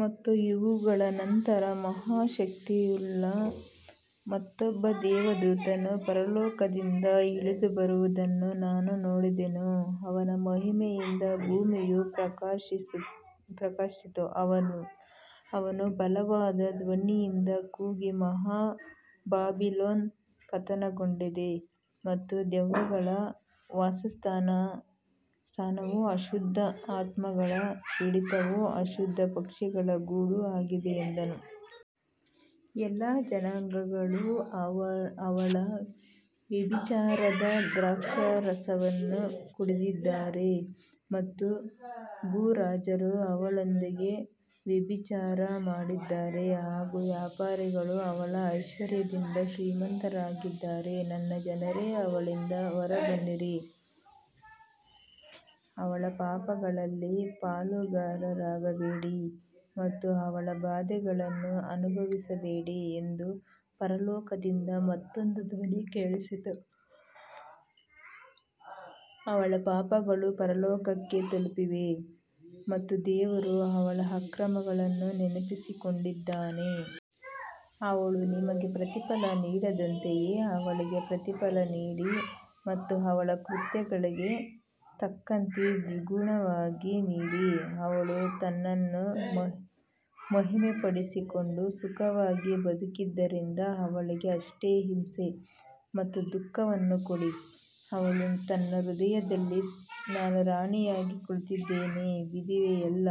ಮತ್ತು ಇವುಗಳ ನಂತರ ಮಹಾ ಶಕ್ತಿಯುಳ್ಳ ಮತ್ತೊಬ್ಬ ದೇವದೂತನು ಪರಲೋಕದಿಂದ ಇಳಿದುಬರುವುದನ್ನು ನಾನು ನೋಡಿದೆನು. ಅವನ ಮಹಿಮೆಯಿಂದ ಭೂಮಿಯು ಪ್ರಕಾಶಿಸಿತು. ಅವನು ಬಲವಾದ ಧ್ವನಿಯಿಂದ ಕೂಗಿ ಮಹಾ ಬಾಬಿಲೋನ್ ಪತನಗೊಂಡಿದೆ ಮತ್ತು ದೆವ್ವಗಳ ವಾಸಸ್ಥಾನವೂ ಅಶುದ್ಧ ಆತ್ಮಗಳ ಹಿಡಿತವೂ ಅಶುದ್ಧ ಪಕ್ಷಿಗಳ ಗೂಡೂ ಆಗಿದೆ ಎಂದನು. ಎಲ್ಲಾ ಜನಾಂಗಗಳು ಅವಳ ವ್ಯಭಿಚಾರದ ದ್ರಾಕ್ಷಾರಸವನ್ನು ಕುಡಿದಿದ್ದಾರೆ ಮತ್ತು ಭೂರಾಜರು ಅವಳೊಂದಿಗೆ ವ್ಯಭಿಚಾರ ಮಾಡಿದ್ದಾರೆ ಹಾಗೂ ವ್ಯಾಪಾರಿಗಳು ಅವಳ ಐಶ್ವರ್ಯದಿಂದ ಶ್ರೀಮಂತರಾಗಿದ್ದಾರೆ. ನನ್ನ ಜನರೇ ಅವಳಿಂದ ಹೊರಬನ್ನಿರಿ, ಅವಳ ಪಾಪಗಳಲ್ಲಿ ಪಾಲುಗಾರರಾಗಬೇಡಿ ಮತ್ತು ಅವಳ ಬಾಧೆಗಳನ್ನು ಅನುಭವಿಸಬೇಡಿ ಎಂದು ಪರಲೋಕದಿಂದ ಮತ್ತೊಂದು ಧ್ವನಿ ಕೇಳಿಸಿತು. ಅವಳ ಪಾಪಗಳು ಪರಲೋಕಕ್ಕೆ ತಲುಪಿವೆ ಮತ್ತು ದೇವರು ಅವಳ ಅಕ್ರಮಗಳನ್ನು ನೆನಪಿಸಿಕೊಂಡಿದ್ದಾನೆ. ಅವಳು ನಿಮಗೆ ಪ್ರತಿಫಲ ನೀಡಿದಂತೆಯೇ ಅವಳಿಗೆ ಪ್ರತಿಫಲ ನೀಡಿ ಮತ್ತು ಅವಳ ಕೃತ್ಯಗಳಿಗೆ ತಕ್ಕಂತೆ ದ್ವಿಗುಣವಾಗಿ ನೀಡಿ. ಅವಳು ತನ್ನನ್ನು ಮಹಿಮೆಪಡಿಸಿಕೊಂಡು ಸುಖವಾಗಿ ಬದುಕಿದ್ದರಿಂದ ಅವಳಿಗೆ ಅಷ್ಟೇ ಹಿಂಸೆ ಮತ್ತು ದುಃಖವನ್ನು ಕೊಡಿ. ಅವಳು ತನ್ನ ಹೃದಯದಲ್ಲಿ ನಾನು ರಾಣಿಯಾಗಿ ಕುಳಿತಿದ್ದೇನೆ, ವಿಧವೆಯಲ್ಲ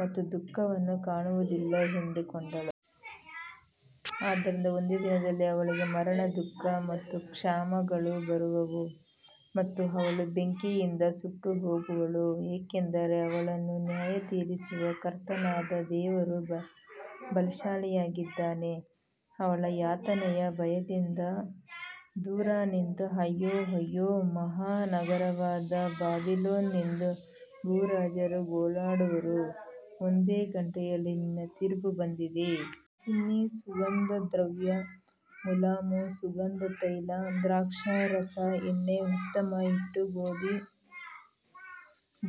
ಮತ್ತು ದುಃಖವನ್ನು ಕಾಣುವುದಿಲ್ಲ ಎಂದುಕೊಂಡಳು. ಆದ್ದರಿಂದ ಒಂದೇ ದಿನದಲ್ಲಿ ಅವಳಿಗೆ ಮರಣ ದುಃಖ ಮತ್ತು ಕ್ಷಾಮಗಳು ಬರುವವು ಮತ್ತು ಅವಳು ಬೆಂಕಿಯಿಂದ ಸುಟ್ಟುಹೋಗುವಳು, ಏಕೆಂದರೆ ಅವಳನ್ನು ನ್ಯಾಯತೀರಿಸುವ ಕರ್ತನಾದ ದೇವರು ಬಲಶಾಲಿಯಾಗಿದ್ದಾನೆ. ಅವಳ ಯಾತನೆಯ ಭಯದಿಂದ ದೂರ ನಿಂತು ಅಯ್ಯೋ ಅಯ್ಯೋ ಮಹಾ ನಗರವಾದ ಬಾಬಿಲೋನ್ ಎಂದು ಭೂರಾಜರು ಗೋಳಾಡುವರು. ಒಂದೇ ಗಂಟೆಯಲ್ಲಿ ನಿನ್ನ ತೀರ್ಪು ಬಂದಿದೆ. ದಾಲ್ಚಿನ್ನಿ ಸುಗಂಧದ್ರವ್ಯ ಮುಲಾಮು ಸುಗಂಧ ತೈಲ ದ್ರಾಕ್ಷಾರಸ ಎಣ್ಣೆ ಉತ್ತಮ ಹಿಟ್ಟು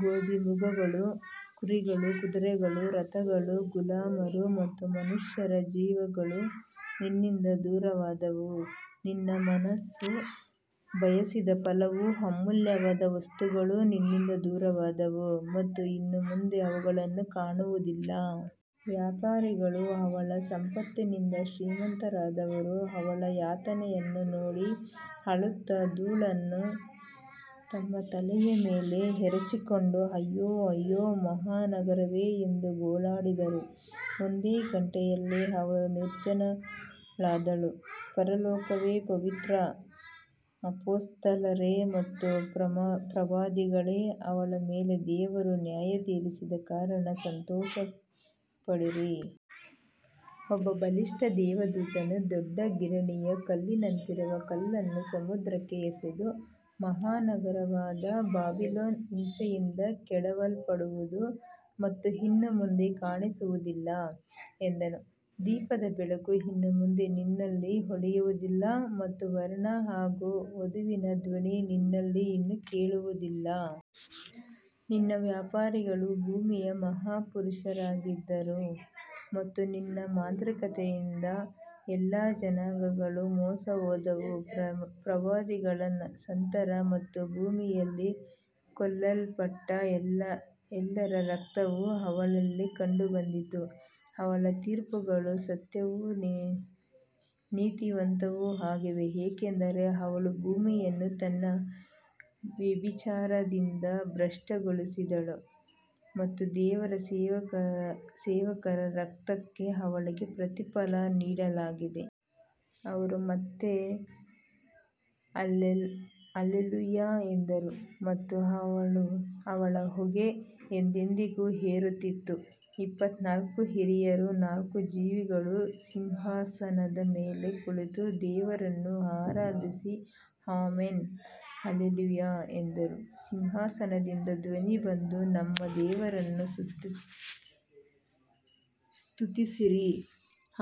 ಗೋಧಿ ಮೃಗಗಳು ಕುರಿಗಳು ಕುದುರೆಗಳು ರಥಗಳು ಗುಲಾಮರು ಮತ್ತು ಮನುಷ್ಯರ ಜೀವಗಳು ನಿನ್ನಿಂದ ದೂರವಾದವು. ನಿನ್ನ ಮನಸ್ಸು ಬಯಸಿದ ಫಲವೂ ಅಮೂಲ್ಯವಾದ ವಸ್ತುಗಳೂ ನಿನ್ನಿಂದ ದೂರವಾದವು ಮತ್ತು ಇನ್ನು ಮುಂದೆ ಅವುಗಳನ್ನು ಕಾಣುವುದಿಲ್ಲ. ವ್ಯಾಪಾರಿಗಳು ಅವಳ ಸಂಪತ್ತಿನಿಂದ ಶ್ರೀಮಂತರಾದವರು ಅವಳ ಯಾತನೆಯನ್ನು ನೋಡಿ ಅಳುತ್ತಾ ಧೂಳನ್ನು ತಮ್ಮ ತಲೆಯ ಮೇಲೆ ಎರಚಿಕೊಂಡು ಅಯ್ಯೋ ಅಯ್ಯೋ ಮಹಾನಗರವೇ ಎಂದು ಗೋಳಾಡಿದರು. ಒಂದೇ ಗಂಟೆಯಲ್ಲಿ ಅವಳು ನಿರ್ಜನಳಾದಳು. ಪರಲೋಕವೇ, ಪವಿತ್ರ ಅಪೊಸ್ತಲರೇ ಮತ್ತು ಪ್ರವಾದಿಗಳೇ, ಅವಳ ಮೇಲೆ ದೇವರು ನ್ಯಾಯತೀರಿಸಿದ ಕಾರಣ ಸಂತೋಷಪಡಿರಿ. ಒಬ್ಬ ಬಲಿಷ್ಠ ದೇವದೂತನು ದೊಡ್ಡ ಗಿರಣಿಯ ಕಲ್ಲಿನಂತಿರುವ ಕಲ್ಲನ್ನು ಸಮುದ್ರಕ್ಕೆ ಎಸೆದು, ಮಹಾ ನಗರವಾದ ಬಾಬಿಲೋನ್ ಹಿಂಸೆಯಿಂದ ಕೆಡವಲ್ಪಡುವುದು ಮತ್ತು ಇನ್ನು ಮುಂದೆ ಕಾಣಿಸುವುದಿಲ್ಲ ಎಂದನು. ದೀಪದ ಬೆಳಕು ಇನ್ನು ಮುಂದೆ ನಿನ್ನಲ್ಲಿ ಹೊಳೆಯುವುದಿಲ್ಲ ಮತ್ತು ವರನ ಹಾಗೂ ವಧುವಿನ ಧ್ವನಿ ನಿನ್ನಲ್ಲಿ ಇನ್ನು ಕೇಳಿಸುವುದಿಲ್ಲ. ನಿನ್ನ ವ್ಯಾಪಾರಿಗಳು ಭೂಮಿಯ ಮಹಾಪುರುಷರಾಗಿದ್ದರು ಮತ್ತು ನಿನ್ನ ಮಾಂತ್ರಿಕತೆಯಿಂದ ಎಲ್ಲಾ ಜನಾಂಗಗಳು ಮೋಸಹೋದವು. ಪ್ರವಾದಿಗಳ ಸಂತರ ಮತ್ತು ಭೂಮಿಯಲ್ಲಿ ಕೊಲ್ಲಲ್ಪಟ್ಟ ಎಲ್ಲರ ರಕ್ತವು ಅವಳಲ್ಲಿ ಕಂಡುಬಂದಿತು. ಅವಳ ತೀರ್ಪುಗಳು ಸತ್ಯವೂ ನೀತಿವಂತವೂ ಆಗಿವೆ, ಏಕೆಂದರೆ ಅವಳು ಭೂಮಿಯನ್ನು ತನ್ನ ವ್ಯಭಿಚಾರದಿಂದ ಭ್ರಷ್ಟಗೊಳಿಸಿದ್ದಳು ಮತ್ತು ದೇವರ ಸೇವಕರ ರಕ್ತಕ್ಕೆ ಅವಳಿಗೆ ಪ್ರತಿಫಲ ನೀಡಲಾಗಿದೆ. ಅವರು ಮತ್ತೆ ಅಲ್ಲೆಲೂಯಾ ಎಂದರು ಮತ್ತು ಅವಳ ಹೊಗೆ ಎಂದೆಂದಿಗೂ ಏರುತ್ತಿತ್ತು. ಇಪ್ಪತ್ತನಾಲ್ಕು ಹಿರಿಯರೂ ನಾಲ್ಕು ಜೀವಿಗಳೂ ಸಿಂಹಾಸನದ ಮೇಲೆ ಕುಳಿತ ದೇವರನ್ನು ಆರಾಧಿಸಿ ಆಮೆನ್ ಅಲ್ಲೆಲೂಯಾ ಎಂದರು. ಸಿಂಹಾಸನದಿಂದ ಧ್ವನಿ ಬಂದು ನಮ್ಮ ದೇವರನ್ನು ಸ್ತುತಿಸಿರಿ,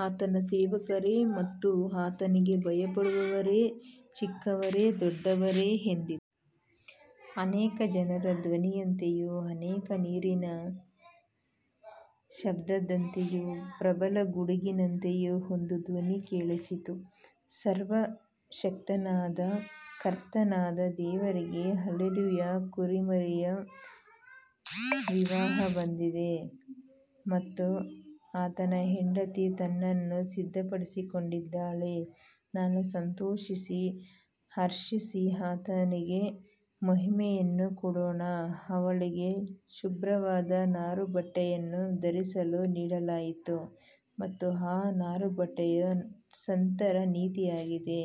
ಆತನ ಸೇವಕರೇ ಮತ್ತು ಆತನಿಗೆ ಭಯಪಡುವವರೇ, ಚಿಕ್ಕವರೇ ದೊಡ್ಡವರೇ ಎಂದಿತು. ಅನೇಕ ಜನರ ಧ್ವನಿಯಂತೆಯೂ ಅನೇಕ ನೀರಿನ ಶಬ್ದದಂತೆಯೂ ಪ್ರಬಲ ಗುಡುಗಿನಂತೆಯೂ ಒಂದು ಧ್ವನಿ ಕೇಳಿಸಿತು. ಸರ್ವಶಕ್ತನಾದ ಕರ್ತನಾದ ದೇವರಿಗೆ ಅಲ್ಲೆಲೂಯಾ, ಕುರಿಮರಿಯ ವಿವಾಹ ಬಂದಿದೆ ಮತ್ತು ಆತನ ಹೆಂಡತಿ ತನ್ನನ್ನು ಸಿದ್ಧಪಡಿಸಿಕೊಂಡಿದ್ದಾಳೆ. ನಾವು ಸಂತೋಷಿಸಿ ಹರ್ಷಿಸಿ ಆತನಿಗೆ ಮಹಿಮೆಯನ್ನು ಕೊಡೋಣ. ಅವಳಿಗೆ ಶುಭ್ರವಾದ ನಾರುಬಟ್ಟೆಯನ್ನು ಧರಿಸಲು ನೀಡಲಾಯಿತು ಮತ್ತು ಆ ನಾರುಬಟ್ಟೆಯು ಸಂತರ ನೀತಿಯಾಗಿದೆ.